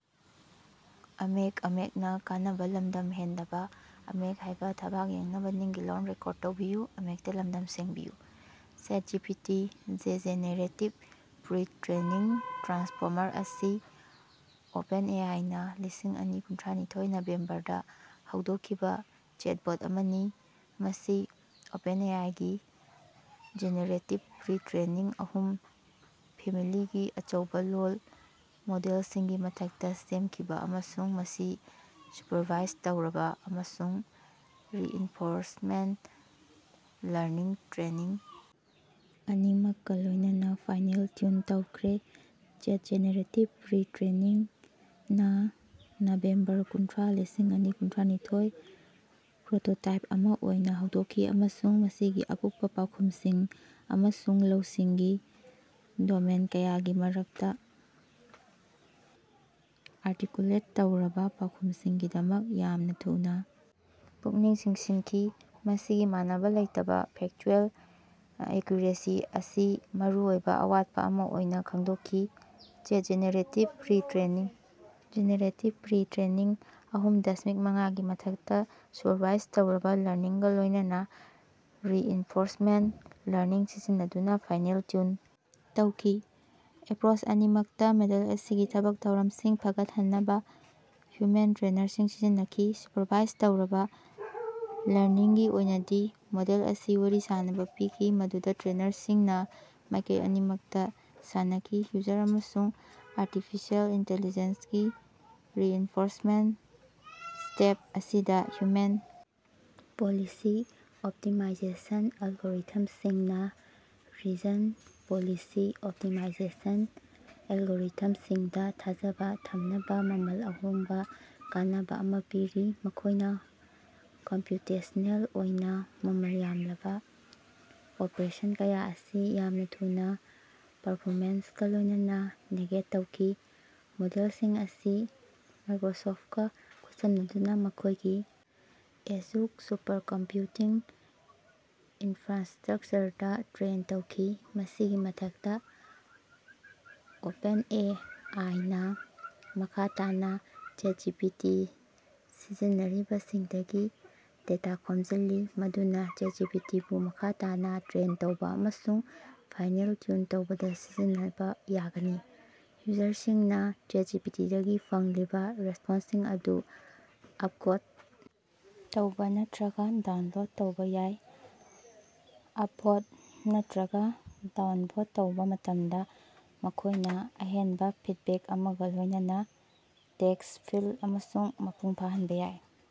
ChatGPT generative pre-training transformer ꯑꯁꯤ ꯑꯣꯄꯦꯟꯑꯦꯑꯥꯏꯅꯥ ꯂꯤꯁꯤꯡ ꯑꯅꯤ ꯀꯨꯟꯅꯤꯊꯣꯏ ꯅꯕꯦꯝꯕꯔꯗꯥ ꯍꯧꯗꯣꯛꯈꯤꯕꯥ ꯆꯦꯠꯕꯣꯠ ꯑꯃꯅꯤ꯫ ꯃꯁꯤ ꯑꯣꯄꯦꯟꯑꯦꯑꯥꯏꯒꯤ ꯖꯦꯅꯦꯔꯦꯇꯤꯕ ꯄ꯭ꯔꯤ ꯇ꯭ꯔꯦꯅꯤꯡ ꯑꯍꯨꯝ ꯐꯦꯃꯤꯂꯤꯒꯤ ꯑꯆꯧꯕꯥ ꯂꯣꯜ ꯃꯣꯗꯦꯜꯁꯤꯡꯒꯤ ꯃꯊꯛꯇꯥ ꯁꯦꯝꯈꯤꯕꯅꯤ ꯑꯃꯁꯨꯡ ꯃꯁꯤ ꯁꯨꯄꯔꯚꯥꯏꯖ ꯇꯧꯔꯕꯥ ꯑꯃꯁꯨꯡ ꯔꯤꯏꯟꯐꯣꯔꯁꯃꯦꯟꯠ ꯂꯔꯅꯤꯡ ꯇꯦꯛꯅꯤꯛ ꯑꯅꯤꯃꯛꯀꯥ ꯂꯣꯏꯅꯅꯥ ꯐꯥꯏꯅꯦꯜ ꯇ꯭ꯌꯨꯟ ꯇꯧꯈ꯭ꯔꯦ꯫ ꯆꯦꯠ ꯖꯦꯅꯦꯔꯦꯇꯤꯕ ꯄ꯭ꯔꯤ ꯇ꯭ꯔꯦꯅꯤꯡ ꯅꯥ ꯅꯕꯦꯝꯕꯔ ꯀꯨꯟꯊ꯭ꯔꯥ ꯂꯤꯁꯤꯡ ꯑꯅꯤ ꯀꯨꯟꯅꯤꯊꯣꯏꯗ ꯄ꯭ꯔꯣꯇꯣꯇꯥꯏꯄ ꯑꯃꯥ ꯑꯣꯏꯅꯥ ꯍꯧꯗꯣꯛꯈꯤ ꯑꯃꯁꯨꯡ ꯃꯁꯤꯒꯤ ꯑꯀꯨꯞꯄꯥ ꯄꯥꯎꯈꯨꯝꯁꯤꯡ ꯑꯃꯁꯨꯡ ꯂꯧꯁꯤꯡꯒꯤ ꯗꯣꯃꯦꯟ ꯀꯌꯥꯒꯤ ꯃꯔꯛꯇꯥ ꯑꯥꯔꯇꯤꯀꯨꯂꯦꯠ ꯇꯧꯔꯕꯥ ꯄꯥꯎꯈꯨꯝꯁꯤꯡꯒꯤꯗꯃꯛ ꯌꯥꯝꯅꯥ ꯊꯨꯅꯥ ꯄꯨꯛꯅꯤꯡ ꯆꯤꯡꯁꯤꯟꯈꯤ꯫ ꯃꯁꯤꯒꯤ ꯃꯥꯟꯅꯕꯥ ꯂꯩꯇꯕꯥ ꯐꯦꯛꯆꯨꯑꯦꯜ ꯑꯦꯀ꯭ꯌꯨꯔꯦꯁꯤ ꯑꯁꯤ ꯃꯔꯨꯑꯣꯏꯕ ꯑꯋꯥꯠꯄ ꯑꯃꯥ ꯑꯣꯏꯅꯥ ꯈꯪꯗꯣꯛꯈꯤ꯫ ꯆꯦꯠ ꯖꯦꯅꯦꯔꯦꯇꯤꯕ ꯄ꯭ꯔꯤ ꯇ꯭ꯔꯦꯅꯤꯡꯅ ꯖꯦꯅꯦꯔꯦꯇꯤꯕ ꯄ꯭ꯔꯤ ꯇ꯭ꯔꯦꯅꯤꯡ ꯑꯍꯨꯝ ꯗꯁꯃꯤꯛ ꯃꯉꯥꯒꯤ ꯃꯊꯛꯇꯥ ꯁꯨꯄꯔꯚꯥꯏꯖ ꯇꯧꯔꯕꯥ ꯂꯔꯅꯤꯡꯒꯥ ꯂꯣꯏꯅꯅꯥ ꯔꯤꯏꯟꯐꯣꯔꯁꯃꯦꯟꯠ ꯂꯔꯅꯤꯡ ꯁꯤꯖꯤꯟꯅꯗꯨꯅꯥ ꯐꯥꯏꯅꯦꯜ ꯇ꯭ꯌꯨꯟ ꯇꯧꯈꯤ꯫ ꯑꯦꯄ꯭ꯔꯣꯆ ꯑꯅꯤꯃꯛꯇꯥ ꯃꯣꯗꯦꯜ ꯑꯁꯤꯒꯤ ꯊꯕꯛ ꯊꯧꯔꯝꯁꯤꯡ ꯐꯒꯠꯍꯟꯅꯕꯥ ꯍ꯭ꯌꯨꯃꯦꯟ ꯇ꯭ꯔꯦꯅꯔꯁꯤꯡ ꯁꯤꯖꯤꯟꯅꯈꯤ꯫ ꯁꯨꯄꯔꯚꯥꯏꯖ ꯇꯧꯔꯕꯥ ꯂꯔꯅꯤꯡꯒꯤ ꯑꯣꯏꯅꯗꯤ ꯃꯣꯗꯦꯜ ꯑꯁꯤ ꯋꯥꯔꯤ ꯁꯥꯅꯕꯥ ꯄꯤꯈꯤ ꯃꯗꯨꯗꯥ ꯇ꯭ꯔꯦꯅꯔꯁꯤꯡꯅꯥ ꯃꯥꯏꯀꯩ ꯑꯅꯤꯃꯛꯇꯥ ꯁꯥꯟꯅꯈꯤ ꯌꯨꯖꯔ ꯑꯃꯁꯨꯡ ꯑꯥꯔꯇꯤꯐꯤꯁꯤꯑꯦꯜ ꯏꯟꯇꯤꯂꯤꯖꯦꯟꯁꯀꯤ ꯔꯤꯏꯟꯐꯣꯔꯁꯃꯦꯟꯠ ꯁ꯭ꯇꯦꯞ ꯑꯁꯤꯗꯥ ꯍ꯭ꯌꯨꯃꯦꯟ ꯄꯣꯂꯤꯁꯤ ꯑꯣꯞꯇꯤꯃꯥꯏꯖꯦꯁꯟ ꯑꯦꯜꯒꯣꯔꯤꯊꯝꯁꯤꯡꯅꯥ ꯔꯤꯖꯟ ꯄꯣꯂꯤꯁꯤ ꯑꯣꯞꯇꯤꯃꯥꯏꯖꯦꯁꯟ ꯑꯦꯜꯒꯣꯔꯤꯊꯝꯁꯤꯡꯗꯥ ꯊꯥꯖꯕꯥ ꯊꯝꯅꯕꯥ ꯃꯃꯜ ꯍꯣꯡꯕꯥ ꯀꯥꯟꯅꯕꯥ ꯑꯃꯥ ꯄꯤꯔꯤ ꯃꯈꯣꯏꯅꯥ ꯀꯝꯄ꯭ꯌꯨꯇꯦꯁꯅꯦꯜ ꯑꯣꯏꯅꯥ ꯃꯃꯜ ꯌꯥꯝꯂꯕꯥ ꯑꯣꯄꯔꯦꯁꯟ ꯀꯌꯥ ꯑꯁꯤ ꯌꯥꯝꯅꯥ ꯊꯨꯅꯥ ꯄꯔꯐꯣꯃꯦꯟꯁꯀꯥ ꯂꯣꯏꯅꯅꯥ ꯅꯦꯒꯦꯠ ꯇꯧꯏ꯫ ꯃꯣꯗꯦꯜꯁꯤꯡ ꯑꯁꯤ ꯃꯥꯏꯀ꯭ꯔꯣꯁꯣꯐꯀꯥ ꯈꯨꯠꯁꯝꯅꯗꯨꯅꯥ ꯃꯈꯣꯏꯒꯤ ꯑꯦꯖꯨꯔ ꯁꯨꯄꯔꯀꯝꯄ꯭ꯌꯨꯇꯤꯡ ꯏꯟꯐ꯭ꯔꯥꯟꯁꯇ꯭ꯔꯛꯆꯔꯗꯥ ꯇ꯭ꯔꯦꯟ ꯇꯧꯈꯤ꯫ ꯃꯁꯤꯒꯤ ꯃꯊꯛꯇꯥ ꯑꯣꯄꯦꯟꯑꯦ ꯑꯥꯏꯅꯥ ꯃꯈꯥ ꯇꯥꯅꯥ ꯆꯦꯠꯖꯤꯄꯤꯇꯤ ꯁꯤꯖꯤꯟꯅꯔꯤꯕꯁꯤꯡꯗꯒꯤ ꯗꯦꯇꯥ ꯈꯣꯝꯖꯤꯜꯂꯤ ꯃꯗꯨꯅꯥ ꯆꯦꯠꯖꯤꯄꯤꯇꯤꯕꯨ ꯃꯈꯥ ꯇꯥꯅꯥ ꯇ꯭ꯔꯦꯟ ꯇꯧꯕꯥ ꯑꯃꯁꯨꯡ ꯐꯥꯏꯅꯦꯜ ꯇ꯭ꯌꯨꯟ ꯇꯧꯕꯗꯥ ꯁꯤꯖꯤꯟꯅꯕꯥ ꯌꯥꯒꯅꯤ꯫ ꯌꯨꯖꯔꯁꯤꯡꯅꯥ ꯆꯦꯠꯖꯤꯄꯤꯇꯤꯗꯒꯤ ꯐꯪꯂꯤꯕꯥ ꯔꯦꯁꯄꯣꯟꯁꯁꯤꯡ ꯑꯗꯨ ꯑꯞꯚꯣꯠ ꯇꯧꯕꯥ ꯅꯠꯇ꯭ꯔꯒꯥ ꯗꯥꯎꯟꯚꯣꯠ ꯇꯧꯕꯥ ꯌꯥꯏ ꯑꯞꯚꯣꯠ ꯅꯠꯇ꯭ꯔꯒꯥ ꯗꯥꯎꯟꯚꯣꯠ ꯇꯧꯕꯥ ꯃꯇꯝꯗꯥ ꯃꯈꯣꯏꯅꯥ ꯑꯍꯦꯟꯕꯥ ꯐꯤꯗꯕꯦꯛ ꯑꯃꯒꯥ ꯂꯣꯏꯅꯅꯥ ꯇꯦꯛꯁ ꯐꯤꯜꯗ ꯑꯃꯁꯨ ꯃꯄꯨꯡ ꯐꯥꯍꯟꯕꯥ ꯌꯥꯏ꯫